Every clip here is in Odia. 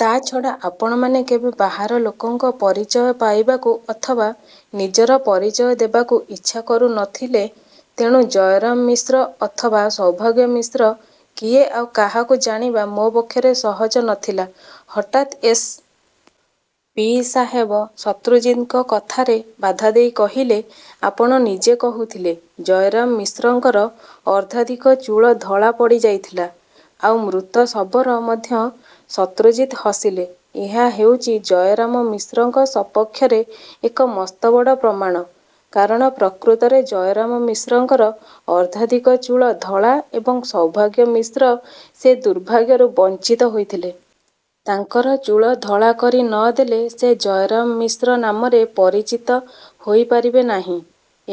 ତା' ଛଡ଼ା ଆପଣମାନେ କେବେ ବାହାର ଲୋକଙ୍କ ପରିଚୟ ପାଇବାକୁ ଅଥବା ନିଜର ପରିଚୟ ଦେବାକୁ ଇଚ୍ଛା କରୁ ନ ଥିଲେ। ତେଣୁ ଜୟରାମ ମିଶ୍ର ଅଥବା ସୌଭାଗ୍ୟ ମିଶ୍ର କିଏ ଆଉ କାହାକୁ ଜାଣିବା ମୋ ପକ୍ଷରେ ସହଜ ନ ଥିଲା। ହଠାତ୍ ଏସ୍. ପି. ସାହେବ ଶତ୍ରୁଜିତ୍ଙ୍କ କଥାରେ ବାଧା ଦେଇ କହିଲେ-ଆପଣ ନିଜେ କହୁଥିଲେ, ଜୟରାମ ମିଶ୍ରଙ୍କର ଅର୍ଦ୍ଧାଧିକ ଚୂଳ ଧଳା ପଡ଼ିଯାଇଥିଲା। ଆଉ ମୃତ ଶବର ମଧ୍ୟ ଶତ୍ରୁଜିତ୍ ହସିଲେ। ଏହା ହେଉଛି ଜୟରାମ ମିଶ୍ରଙ୍କ ସପକ୍ଷରେ ଏକ ମସ୍ତବଡ଼ ପ୍ରମାଣ-। କାରଣ ପ୍ରକୃତରେ ଜୟରାମ ମିଶ୍ରଙ୍କର ଅର୍ଦ୍ଧାଧିକ ଚୁଳ ଧଳା ଏବଂ ସୌଭାଗ୍ୟ ମିଶ୍ର ସେ ଦୁର୍ଭାଗ୍ୟରୁ ବଞ୍ଚିତ ହୋଇଥିଲେ। ତାଙ୍କର ଚୂଳ ଧଳା କରି ନ ଦେଲେ ସେ ଜୟରାମ ମିଶ୍ର ନାମରେ ପରିଚିତ ହୋଇପାରିବେ ନାହିଁ।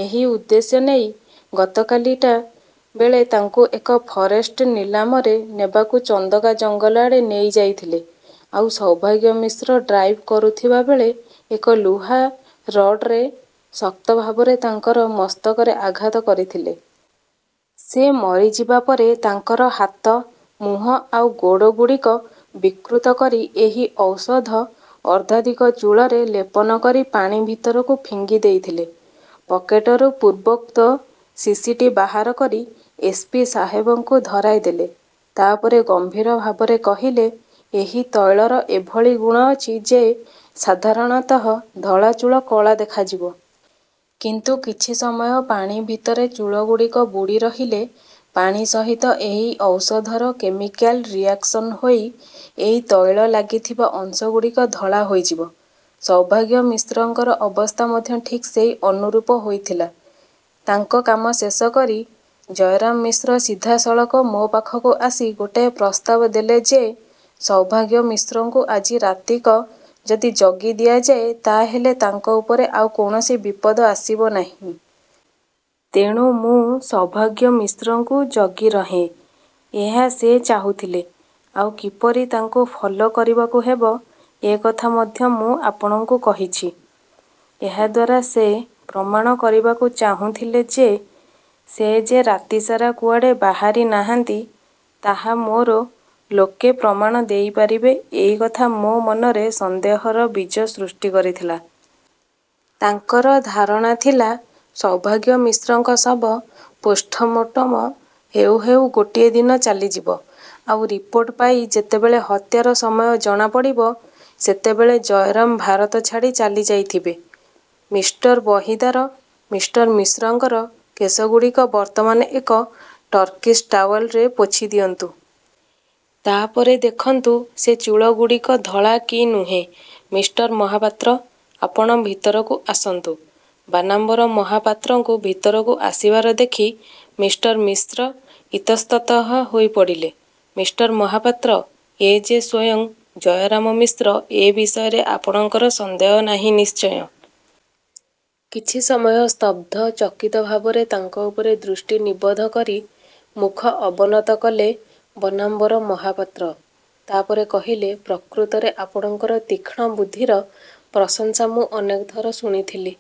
ଏହି ଉଦ୍ଦେଶ୍ୟ ନେଇ ଗତକାଲି ଟା ବେଳେ ତାଙ୍କୁ ଏକ ଫରେଷ୍ଟ ନିଲାମରେ ନେବାକୁ ଚନ୍ଦକା ଜଙ୍ଗଲ ଆଡ଼େ ନେଇଯାଇଥିଲେ। ଆଉ ସୌଭାଗ୍ୟ ମିଶ୍ର ଡ୍ରାଇଭ୍ କରୁଥିବାବେଳେ ଏକ ଲୁହା ରଡ୍ରେ ଶକ୍ତଭାବରେ ତାଙ୍କର ମସ୍ତକରେ ଆଘାତ କରିଥିଲେ-। ସେ ମରିଯିବା ପରେ ତାଙ୍କର ହାତ, ମୁହଁ ଆଉ ଗୋଡ଼ଗୁଡ଼ିକ ବିକୃତ କରି ଏହି ଔଷଧ ଅର୍ଦ୍ଧାଧିକ ଚୂଳରେ ଲେପନ କରି ପାଣି ଭିତରକୁ ଫିଙ୍ଗିଦେଇଥିଲେ। ପକେଟରୁ ପୂର୍ବୋକ୍ତ ଶିଶିଟି ବାହାର କରି ଏସ୍. ପି. ସାହେବଙ୍କୁ ଧରାଇଦେଲେ। ତା'ପରେ ଗମ୍ଭୀର ଭାବରେ କହିଲେ-ଏହି ତୈଳର ଏଭଳି ଗୁଣ ଅଛି ଯେ ସାଧାରଣତଃ ଧଳା ଚୂଳ କଳା ଦେଖାଯିବ। କିନ୍ତୁ କିଛି ସମୟ ପାଣି ଭିତରେ ଚୂଳଗୁଡ଼ିକ ବୁଡ଼ିରହିଲେ ପାଣି ସହିତ ଏହି ଔଷଧର କେମିକ୍ୟାଲ୍ ରିଏକ୍ସନ୍ହୋଇ ଏଇ ତୈଳ ଲାଗିଥିବା ଅଂଶଗୁଡ଼ିକ ଧଳା ହୋଇଯିବ। ସୌଭାଗ୍ୟ ମିଶ୍ରଙ୍କର ଅବସ୍ଥା ମଧ୍ୟ ଠିକ୍ ସେଇ ଅନୁରୂପ ହୋଇଥିଲା। ତାଙ୍କ କାମ ଶେଷ କରି ଜୟରାମ ମିଶ୍ର ସିଧାସଳଖ ମୋ ପାଖକୁ ଆସି ଗୋଟିଏ ପ୍ରସ୍ତାବ ଦେଲେ ଯେ ସୌଭାଗ୍ୟ ମିଶ୍ରଙ୍କୁ ଆଜି ରାତିକ ଯଦି ଜଗି ଦିଆଯାଏ, ତା'ହେଲେ ତାଙ୍କ ଉପରେ ଆଉ କୌଣସି ବିପଦ ଆସିବ ନାହିଁ। ତେଣୁ ମୁଁ ସୌଭାଗ୍ୟ ମିଶ୍ରଙ୍କୁ ଜଗିରହେଁ ଏହା ସେ ଚାହୁଥିଲେ। ଆଉ କିପରି ତାଙ୍କୁ ଫଲୋ କରିବାକୁ ହେବ ଏକଥା ମଧ୍ୟ ମୁଁ ଆପଣଙ୍କୁ କହିଛି। ଏହାଦ୍ୱାରା ସେ ପ୍ରମାଣ କରିବାକୁ ଚାହୁଁଥିଲେ ଯେ ସେ ଯେ ରାତିସାରା କୁଆଡ଼େ ବାହାରିନାହାନ୍ତି, ତାହା ମୋର ଲୋକେ ପ୍ରମାଣ ଦେଇପାରିବେ ଏଇକଥା ମୋ ମନରେ ସନ୍ଦେହର ବୀଜ ସୃଷ୍ଟି କରିଥିଲା। ତାଙ୍କର ଧାରଣା ଥିଲା ସୌଭାଗ୍ୟ ମିଶ୍ରଙ୍କ ଶବ ପୋଷ୍ଠମୋଟମ ହେଉ ହେଉ ଗୋଟିଏ ଦିନ ଚାଲିଯିବ। ଆଉ ରିପୋର୍ଟ ପାଇ ଯେତେବେଳେ ହତ୍ୟାର ସମୟ ଜଣାପଡ଼ିବ ସେତେବେଳେ ଜୟରାମ ଭାରତ ଛାଡ଼ି ଚାଲିଯାଇଥିବେ। ମିଷ୍ଟର ବହିଦାର! ମିଷ୍ଟର ମିଶ୍ରଙ୍କର କେଶଗୁଡ଼ିକ ବର୍ତ୍ତମାନ ଏକ ଟର୍କିସ ଟାଓ୍ୱେଲରେ ପୋଛିଦିଅନ୍ତୁ। ତା' ପରେ ଦେଖନ୍ତୁ ସେ ଚୂଳଗୁଡ଼ିକ ଧଳା କି ନୁହେଁ। ମିଷ୍ଟର ମହାପାତ୍ର! ଆପଣ ଭିତରକୁ ଆସନ୍ତୁ। ବାନାମ୍ବର ମହାପାତ୍ରଙ୍କୁ ଭିତରକୁ ଆସିବାର ଦେଖି ମିଷ୍ଟର ମିଶ୍ର ଇତସ୍ତତଃ ହୋଇପଡ଼ିଲେ। ମିଷ୍ଟର ମହାପାତ୍ର! ଏ ଯେ ସ୍ୱୟଂ ଜୟରାମ ମିଶ୍ର ଏ ବିଷୟରେ ଆପଣଙ୍କର ସନ୍ଦେହ ନାହିଁ ନିଶ୍ଚୟ? କିଛି ସମୟ ସ୍ତବ୍ଧ ଚକିତ ଭାବରେ ତାଙ୍କ ଉପରେ ଦୃଷ୍ଟି ନିବଦ୍ଧ କରି ମୁଖ ଅବନତ କଲେ ବନାମ୍ବର ମହାପାତ୍ର। ତା'ପରେ କହିଲେ-ପ୍ରକୃତରେ ଆପଣଙ୍କର ତୀକ୍ଷ୍ଣ ବୁଦ୍ଧିର ପ୍ରଶଂସା ମୁଁ ଅନେକଥର ଶୁଣିଥିଲି,